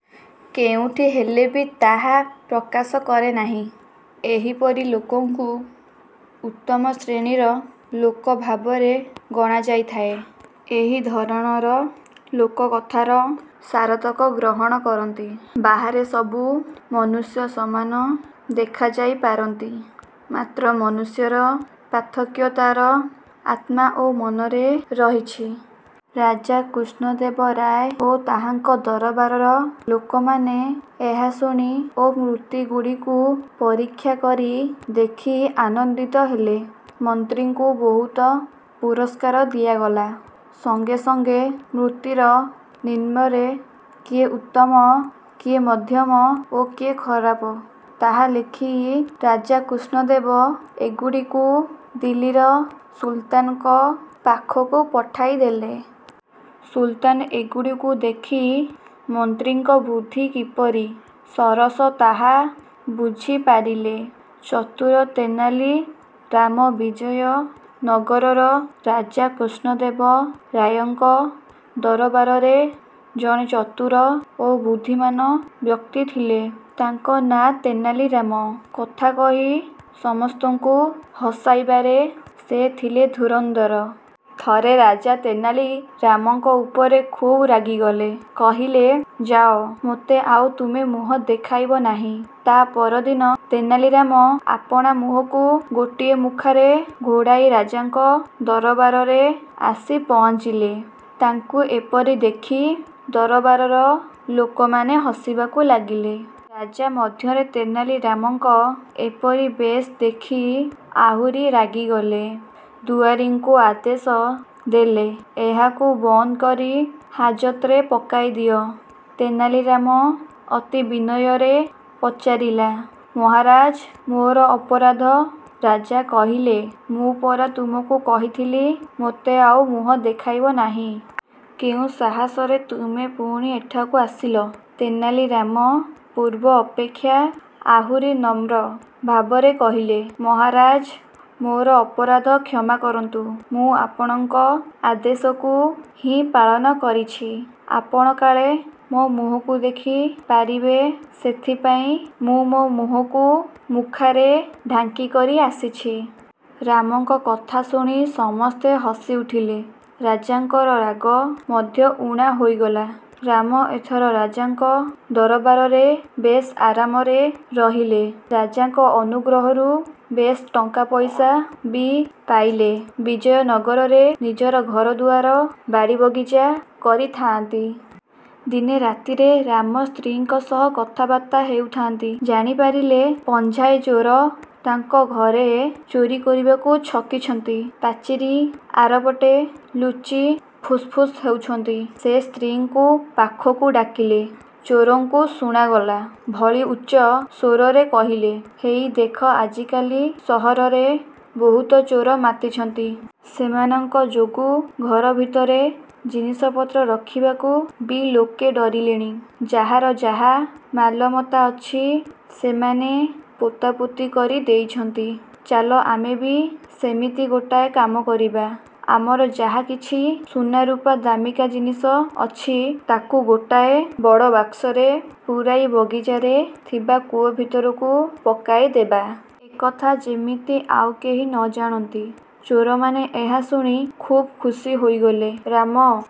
କେଉଁଠି ହେଲେ ବି ତାହା ପ୍ରକାଶ କରେ ନାହିଁ। ଏହିପରି ଲୋକଙ୍କୁ ଉତ୍ତମ ଶ୍ରେଣୀର ଲୋକ ଭାବରେ ଗଣାଯାଇଥାଏ। ଏହି ଧରଣର ଲୋକ କଥାର ସାରତକ ଗ୍ରହଣ କରନ୍ତି। ବାହାରେ ସବୁ ମନୁଷ୍ୟ ସମାନ ଦେଖାଯାଇ ପାରନ୍ତି। ମାତ୍ର ମନୁଷ୍ୟର ପାର୍ଥକ୍ୟ ତା'ର ଆତ୍ମା ଓ ମନରେ ରହିଛି। '' ରାଜା କୃଷ୍ଣଦେବ ରାୟ ଓ ତାହାଙ୍କ ଦରବାରର ଲୋକମାନେ ଏହା ଶୁଣି ଓ ମୂର୍ତ୍ତିଗୁଡ଼ିକୁ ପରୀକ୍ଷା କରି ଦେଖି ଆନନ୍ଦିତ ହେଲେ। ମନ୍ତ୍ରୀଙ୍କୁ ବହୁତ ପୁରସ୍କାର ଦିଆଗଲା। ସଙ୍ଗେ ସଙ୍ଗେ ମୂର୍ତ୍ତିର ନିମ୍ନରେ କିଏ ଉତ୍ତମ, କିଏ ମଧ୍ୟମ ଓ କିଏ ଖରାପ ତାହା ଲେଖି ରାଜା କୃଷ୍ଣଦେବ ଏଗୁଡ଼ିକୁ ଦିଲ୍ଲୀର ସୁଲତାନଙ୍କ ପାଖକୁ ପଠାଇଦେଲେ। ସୁଲତାନ ଏଗୁଡ଼ିକୁ ଦେଖି ମନ୍ତ୍ରୀଙ୍କ ବୁଦ୍ଧି କିପରି ସରସ ତାହା ବୁଝିପାରିଲେ। ଚତୁର ତେନାଲି ରାମ ବିଜୟ ନଗରର ରାଜା କୃଷ୍ଣଦେବ ରାୟଙ୍କ ଦରବାରରେ ଜଣେ ଚତୁର ଓ ବୁଦ୍ଧିମାନ ବ୍ୟକ୍ତିଥିଲେ। ତାଙ୍କ ନାଁ ତେନାଲି ରାମ। କଥା କହି ସମସ୍ତଙ୍କୁ ହସାଇବାରେ ସେ ଥିଲେ ଧୁରନ୍ଧର। ଥରେ ରାଜା ତେନାଲି ରାମଙ୍କ ଉପରେ ଖୁବ୍ ରାଗିଗଲେ। କହିଲେ-''ଯାଅ, ମୋତେ ଆଉ ତୁମେ ମୁହଁ ଦେଖାଇବ ନାହିଁ। '' ତା'ପରଦିନ ତେନାଲି ରାମ ଆପଣା ମୁହଁକୁ ଗୋଟିଏ ମୁଖାରେ ଘୋଡ଼ାଇ ରାଜାଙ୍କ ଦରବାରରେ ଆସି ପହଞ୍ଚିଲେ। ତାଙ୍କୁ ଏପରି ଦେଖି ଦରବାରର ଲୋକମାନେ ହସିବାକୁ ଲାଗିଲେ। ରାଜା ମଧ୍ୟ ତେନାଲି ରାମଙ୍କ ଏପରି ବେଶ ଦେଖି ଆହୁରି ରାଗିଗଲେ। ଦୁଆରୀଙ୍କୁ ଆଦେଶ ଦେଲେ-''ଏହାକୁ ବନ୍ଦକରି ହାଜତରେ ପକାଇ ଦିଅ। '' ତେନାଲି ରାମ ଅତି ବିନୟରେ ପଚାରିଲା-''ମହାରାଜ୍ ମୋର ଅପରାଧ? '' ରାଜା କହିଲେ- ''ମୁଁ ପରା ତୁମକୁ କହିଥିଲି ମୋତେ ଆଉ ମୁହଁ ଦେଖାଇବ ନାହିଁ। କେଉଁ ସାହସରେ ତୁମେ ପୁଣି ଏଠାକୁ ଆସିଲ? '' ତେନାଲି ରାମ ପୂର୍ବ ଅପେକ୍ଷା ଆହୁରି ନମ୍ର ଭାବରେ କହିଲେ- ''ମହାରାଜ୍, ମୋର ଅପରାଧ କ୍ଷମା କରନ୍ତୁ। ମୁଁ ଆପଣଙ୍କ ଆଦେଶକୁ ହିଁ ପାଳନ କରିଛି। ଆପଣ କାଳେ। ମୋ ମୁହଁକୁ ଦେଖି ପାରିବେ ସେଥିପାଇଁ ମୁଁ ମୋ ମୁହଁକୁ ମୁଖାରେ ଢାଙ୍କି କରି ଆସିଛି। '' ରାମଙ୍କ କଥା ଶୁଣି ସମସ୍ତେ ହସି ଉଠିଲେ। ରାଜାଙ୍କର ରାଗ ମଧ୍ୟ ଊଣା ହୋଇଗଲା। ରାମ ଏଥର ରାଜାଙ୍କ ଦରବାରରେ ବେଶ୍ ଆରାମରେ ରହିଲେ। ରାଜାଙ୍କ ଅନୁଗ୍ରହରୁ ବେଶ୍ ଟଙ୍କା ପଇସା ବି ପାଇଲେ ବିଜୟ ନଗରରେ ନିଜର ଘର ଦୁଆର ବାଡ଼ି ବଗିଚା କରିଥାଆନ୍ତି। ଦିନେ ରାତିରେ ରାମ ସ୍ତ୍ରୀଙ୍କ ସହ କଥାବାର୍ତ୍ତା ହେଉଥାନ୍ତି। ଜାଣି ପାରିଲେ ପଞ୍ଝାଏ ଚୋର ତାଙ୍କ ଘରେ ଚୋରି କରିବାକୁ ଛକିଛନ୍ତି। ପାଚିରି ଆରପଟେ ଲୁଚି ଫୁସ୍ ଫୁସ୍ ହେଉଛନ୍ତି। ସେ ସ୍ତ୍ରୀଙ୍କୁ ପାଖକୁ ଡାକିଲେ। ଚୋରଙ୍କୁ ଶୁଣାଗଲା ଭଳି ଉଚ୍ଚ ସ୍ୱରରେ କହିଲେ- ''ହେଇ ଦେଖ ଆଜି କାଲି ସହରରେ ବହୁତ ଚୋର ମାତିଛନ୍ତି। ସେମାନଙ୍କ ଯୋଗୁ ଘର ଭିତରେ ଜିନିଷପତ୍ର ରଖିବାକୁ ବି ଲୋକେ ଡରିଲେଣି। ଯାହାର ଯାହା ମାଲମତା ଅଛି ସେମାନେ ପୋତାପୋତି କରି ଦେଇଛନ୍ତି। ଚାଲ ଆମେ ବି ସେମିତି ଗୋଟାଏ କାମ କରିବା। ଆମର ଯାହା କିଛି ସୁନା ରୁପା ଦାମିକା ଜିନିଷ ଅଛି ତାକୁ ଗୋଟାଏ ବଡ଼ବାକ୍ସରେ ପୂରାଇ ବଗିଚାରେ ଥିବା କୂଅ ଭିତରକୁ ପକାଇ ଦେବା। ଏକଥା ଯେମିତି ଆଉ କେହି ନ ଜାଣନ୍ତି। '' ଚୋରମାନେ ଏହା ଶୁଣି ଖୁବ୍ ଖୁସି ହୋଇଗଲେ। ରାମ